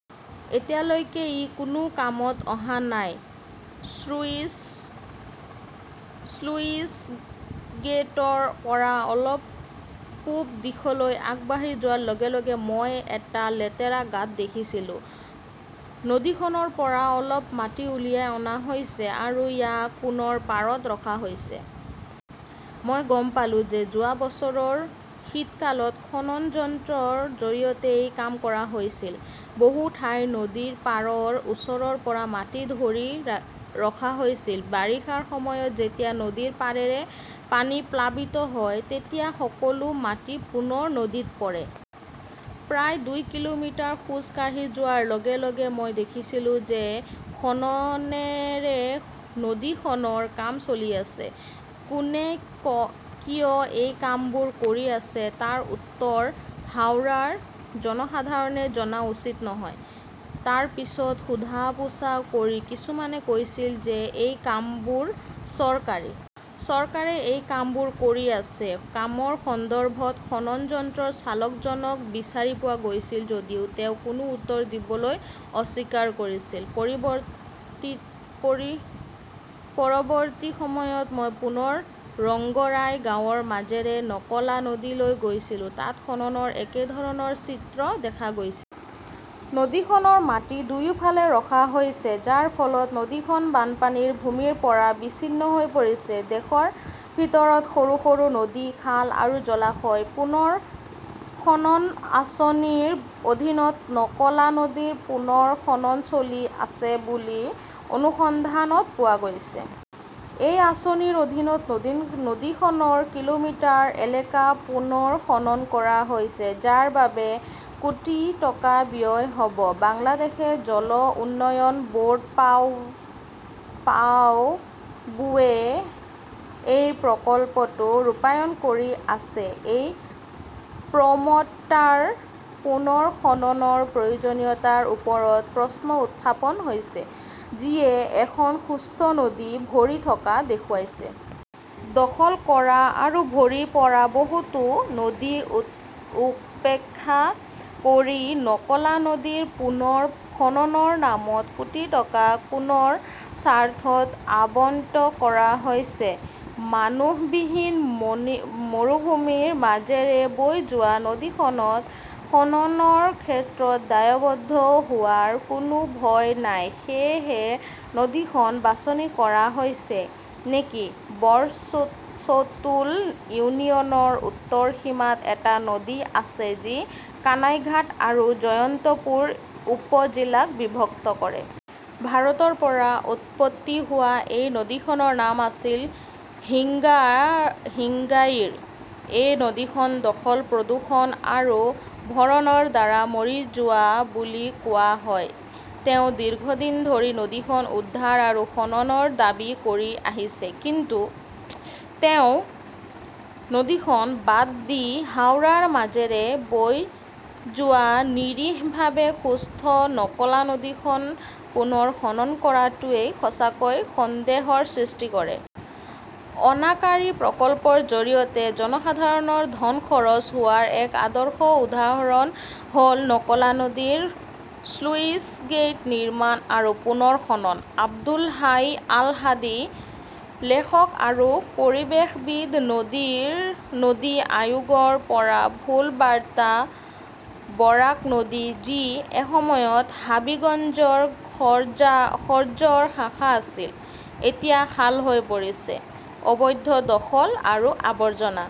এতিয়ালৈকে ই কোনো কামত অহা নাই। স্লুইছগেটৰ পৰা অলপ পূব দিশলৈ আগবাঢ়ি যোৱাৰ লগে লগে মই এটা লেতেৰা গাঁত দেখিছিলোঁ। নদীখনৰ পৰা অলপ মাটি উলিয়াই অনা হৈছে আৰু ইয়াক পুনৰ পাৰত ৰখা হৈছে। মই গম পালোঁ যে যোৱা বছৰৰ শীতকালত খনন যন্ত্ৰৰ জৰিয়তে এই কাম কৰা হৈছিল। বহু ঠাইত নদীৰ পাৰৰ ওচৰৰ পৰা মাটি ধৰি ৰখা হৈছিল। বাৰিষাৰ সময়ত যেতিয়া নদীৰ পাৰেৰে পানী প্লাবিত হয়, তেতিয়া সকলো মাটি পুনৰ নদীত পৰে। প্ৰায় দুই কিলোমিটাৰ খোজ কাঢ়ি যোৱাৰ লগে লগে মই দেখিছিলোঁ যে খননেৰে নদীখনৰ কাম চলি আছে। কোনে কিয় এই কামবোৰ কৰি আছে তাৰ উত্তৰ হাওৰৰ জনসাধাৰণে জনা উচিত নহয়। তাৰ পিছত সোধা-পোছা কৰি কিছুমানে কৈছিল যে এই কামবোৰ চৰকাৰী। চৰকাৰে এই কামবোৰ কৰি আছে। কামৰ সন্দৰ্ভত খনন যন্ত্ৰৰ চালকজনক বিচাৰি পোৱা গৈছিল যদিও তেওঁ কোনো উত্তৰ দিবলৈ অস্বীকাৰ কৰিছিল। পৰৱৰ্তী সময়ত মই পুনৰ ৰংগৰাই গাঁৱৰ মাজেৰে নকলা নদীলৈ গৈছিলো। তাত খননৰ একে ধৰণৰ চিত্ৰ দেখা গৈছিল। নদীখনৰ মাটি দুয়োফালে ৰখা হৈছে, যাৰ ফলত নদীখন বানপানীৰ ভূমিৰ পৰা বিচ্ছিন্ন হৈ পৰিছে। দেশৰ ভিতৰত সৰু সৰু নদী-খাল আৰু জলাশয় পুনৰ খনন আঁচনিৰ অধীনত নকলা নদীৰ পুনৰ খনন চলি আছে বুলি অনুসন্ধানত পোৱা গৈছে। এই আঁচনিৰ অধীনত নদীখনৰ কিলোমিটাৰ এলেকা পুনৰ খনন কৰা হৈছে, যাৰ বাবে কোটি টকা ব্যয় হ 'ব। বাংলাদেশ জল উন্নয়ন বৰ্ড-পাউবোৱে এই প্ৰকল্পটো ৰূপায়ণ কৰি আছে। এটা প্ৰমট্টাৰ পুনৰ খননৰ প্ৰয়োজনীয়তাৰ ওপৰত প্ৰশ্ন উত্থাপন হৈছে, যিয়ে এখন সুস্থ নদী ভৰি থকা দেখুৱাইছে। দখল কৰা আৰু ভৰি পৰা বহুতো নদী উপেক্ষা কৰি নকলা নদী পুনৰ খননৰ নামত কোটি টকা কোনৰ স্বাৰ্থত আবণ্টন কৰা হৈছে মানুহবিহীন মৰুভূমিৰ মাজেৰে বৈ যোৱা নদীখনত খননৰ ক্ষেত্ৰত দায়বদ্ধ হোৱাৰ কোনো ভয় নাই-সেয়েহে নদীখন বাছনি কৰা হৈছে নেকি বৰচতুল ইউনিয়নৰ উত্তৰ সীমাত এটা নদী আছে যি কানাইঘাট আৰু জয়ন্তপুৰ উপ-জিলাক বিভক্ত কৰে। ভাৰতৰ পৰা উৎপত্তি হোৱা এই নদীখনৰ নাম আছিল হিঙ্গাইৰ । এই নদীখন দখল, প্ৰদূষণ আৰু ভৰণৰ দ্বাৰা মৰি যোৱা বুলি কোৱা হয়। তেওঁ দীৰ্ঘদিন ধৰি নদীখন উদ্ধাৰ আৰু খননৰ দাবী কৰি আহিছে। তেওঁ নদীখন বাদ দি হাওৰৰ মাজেৰে বৈ যোৱা নিৰীহভাৱে সুস্থ নকলা নদীখন পুনৰ খনন কৰাটোৱে সঁচাকৈয়ে সন্দেহৰ সৃষ্টি কৰে। অনাকাৰী প্ৰকল্পৰ জৰিয়তে জনসাধাৰণৰ ধন খৰচ হোৱাৰ এক আদৰ্শ উদাহৰণ হ’ল নকলা নদীৰ স্লুইছগেট নিৰ্মাণ আৰু পুনৰ খনন। আব্দুল হাই আল-হাদীঃ লেখক আৰু পৰিৱেশবিদ। নদী আয়োগৰ পৰা ভুল বাৰ্তা বৰাক নদী, যি এসময়ত হাবিগঞ্জৰ খৰ্জৰ শাখা আছিল, এতিয়া খাল হৈ পৰিছে। অবৈধ দখল আৰু আৱৰ্জনা